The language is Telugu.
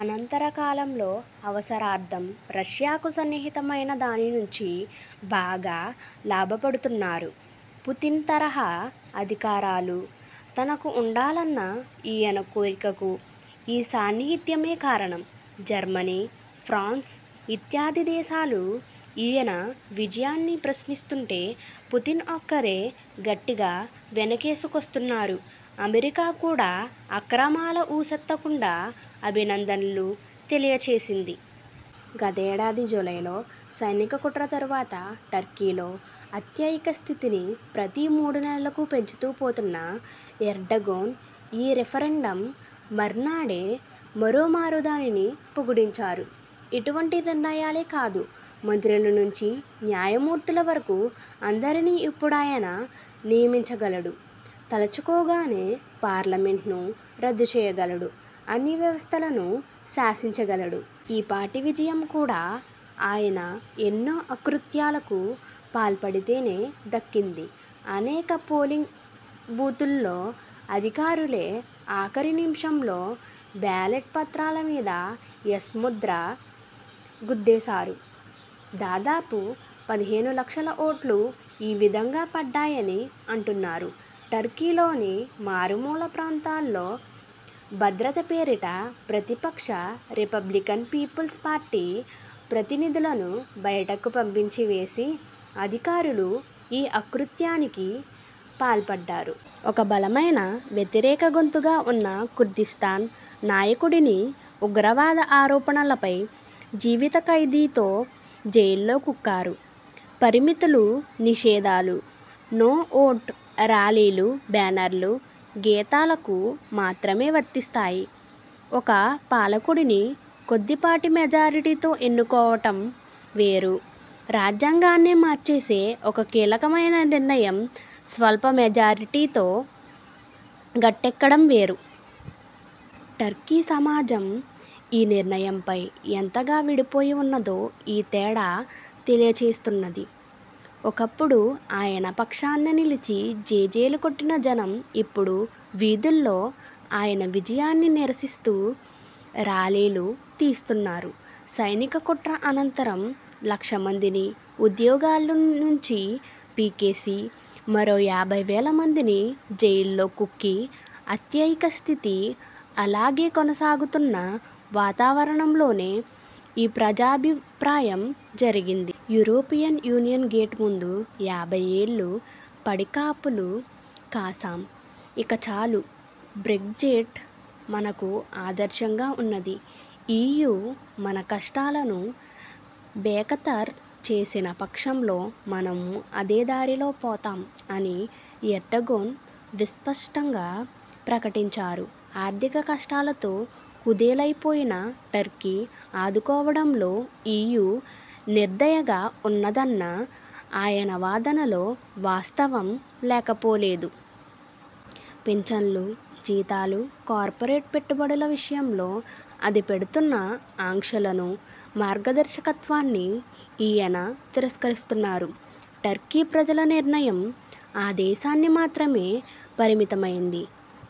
అనంతరకాలంలో అవసరార్థం రష్యాకు సన్నిహితమై, దానినుంచి బాగా లాభపడుతున్నారు. పుతిన్ తరహా అధికారాలు తనకూ ఉండాలన్న ఈయన కోరికకు ఈ సాన్నిహిత్యమే కారణం. జర్మనీ, ఫ్రాన్స్ ఇత్యాది దేశాలు ఈయన విజయాన్ని ప్రశ్నిస్తూంటే పుతిన్ ఒక్కరే గట్టిగా వెనకేసుకొస్తున్నారు. అమెరికా కూడా అక్రమాల ఊసెత్తకుండా అభినందనలు తెలియచేసింది. గత ఏడాది జులైలో సైనిక కుట్ర తరువాత టర్కీలో అత్యయిక స్థితిని ప్రతి మూడునెలలకూ పెంచుతూ పోతున్న ఎర్డగోన్ ఈ రెఫరెండమ్ మర్నాడే మరోమారు దానిని పొడిగించారు. ఇటువంటి నిర్ణయాలే కాదు, మంత్రులనుంచి న్యాయమూర్తుల వరకూ అందరినీ ఇప్పుడాయన నియమించగలడు, తలుచుకోగానే పార్లమెంటును రద్దుచేయగలడు, అన్ని వ్యవస్థలనూ శాసించగలడు. ఈ పాటి విజయం కూడా ఆయన ఎన్నో అకృత్యాలకు పాల్పడితేనే దక్కింది. అనేక పోలింగ్ బూతుల్లో అధికారులే ఆఖరు నిముషంలో బ్యాలెట్ పత్రాలమీద 'యస్' ముద్ర గుద్దేశారు. దాదాపు పదిహేను లక్షల ఓట్లు ఈ విధంగా పడ్డాయని అంటున్నారు. టర్కీలోని మారుమూల ప్రాంతాల్లో భద్రత పేరిట ప్రతిపక్ష రిపబ్లికన్ పీపుల్స్ పార్టీ ప్రతినిధులను బయటకు పంపించివేసి అధికారులు ఈ అకృత్యానికి పాల్పడ్డారు. ఒక బలమైన వ్యతిరేక గొంతుగా ఉన్న కుర్దిస్తాన్ నాయకుడిని ఉగ్రవాద ఆరోపణలపై జీవితఖైదుతో జైల్లో కుక్కారు. పరిమితులూ నిషేధాలు 'నో' ఓటు ర్యాలీలు బ్యానర్లు, గీతాలకు మాత్రమే వర్తించాయి. ఒక పాలకుడిని కొద్దిపాటి మెజారిటీతో ఎన్నుకోవడం వేరు, రాజ్యాంగాన్నే మార్చేసే ఒక కీలకమైన నిర్ణయం స్వల్పమెజారిటీతో గట్టెక్కడం వేరు. టర్కీ సమాజం ఈ నిర్ణయంపై ఎంతగా విడిపోయివున్నదో ఈ తేడా తెలియచేస్తున్నది. ఒకప్పుడు ఆయన పక్షాన నిలిచి జేజేలు కొట్టిన జనం ఇప్పుడు వీధుల్లో ఆయన విజయాన్ని నిరసిస్తూ ర్యాలీలు తీస్తున్నారు. సైనికకుట్ర అనంతరం లక్షమందిని ఉద్యోగాల్లో నుంచి పీకేసి, మరో యాభైవేల మందిని జైల్లో కుక్కి, అత్యయిక స్థితి అలాగే కొనసాగుతున్న వాతావరణంలోనే ఈ ప్రజాభిప్రాయం జరిగింది. 'యూరోపియన్ యూనియన్ గేటు ముందు యాభైయ్యేళ్ళు పడిగాపులు కాశాం. ఇకచాలు, బ్రెగ్జిట్ మనకు ఆదర్శంగా ఉన్నది. ఈయూ మన కష్టాలను బేఖాతరు చేసిన పక్షంలో మనమూ అదేదారిలో పోతాం' అని ఎర్డగోన్ విస్పష్టంగా ప్రకటించారు. ఆర్థిక కష్టాలతో కుదేలైపోయిన టర్కీని ఆదుకోవడంలో ఈయూ నిర్దయగా ఉన్నదన్న ఆయన వాదనలో వాస్తవం లేకపోలేదు. పింఛన్లు, జీతాలు, కార్పొరేట్ పెట్టుబడుల విషయంలో అది పెడుతున్న ఆంక్షలనూ, మార్గదర్శకత్వాన్నీ ఈయన తిరస్కరిస్తున్నారు. టర్కీ ప్రజల నిర్ణయం ఆ దేశాన్ని మాత్రమే పరిమితమైనది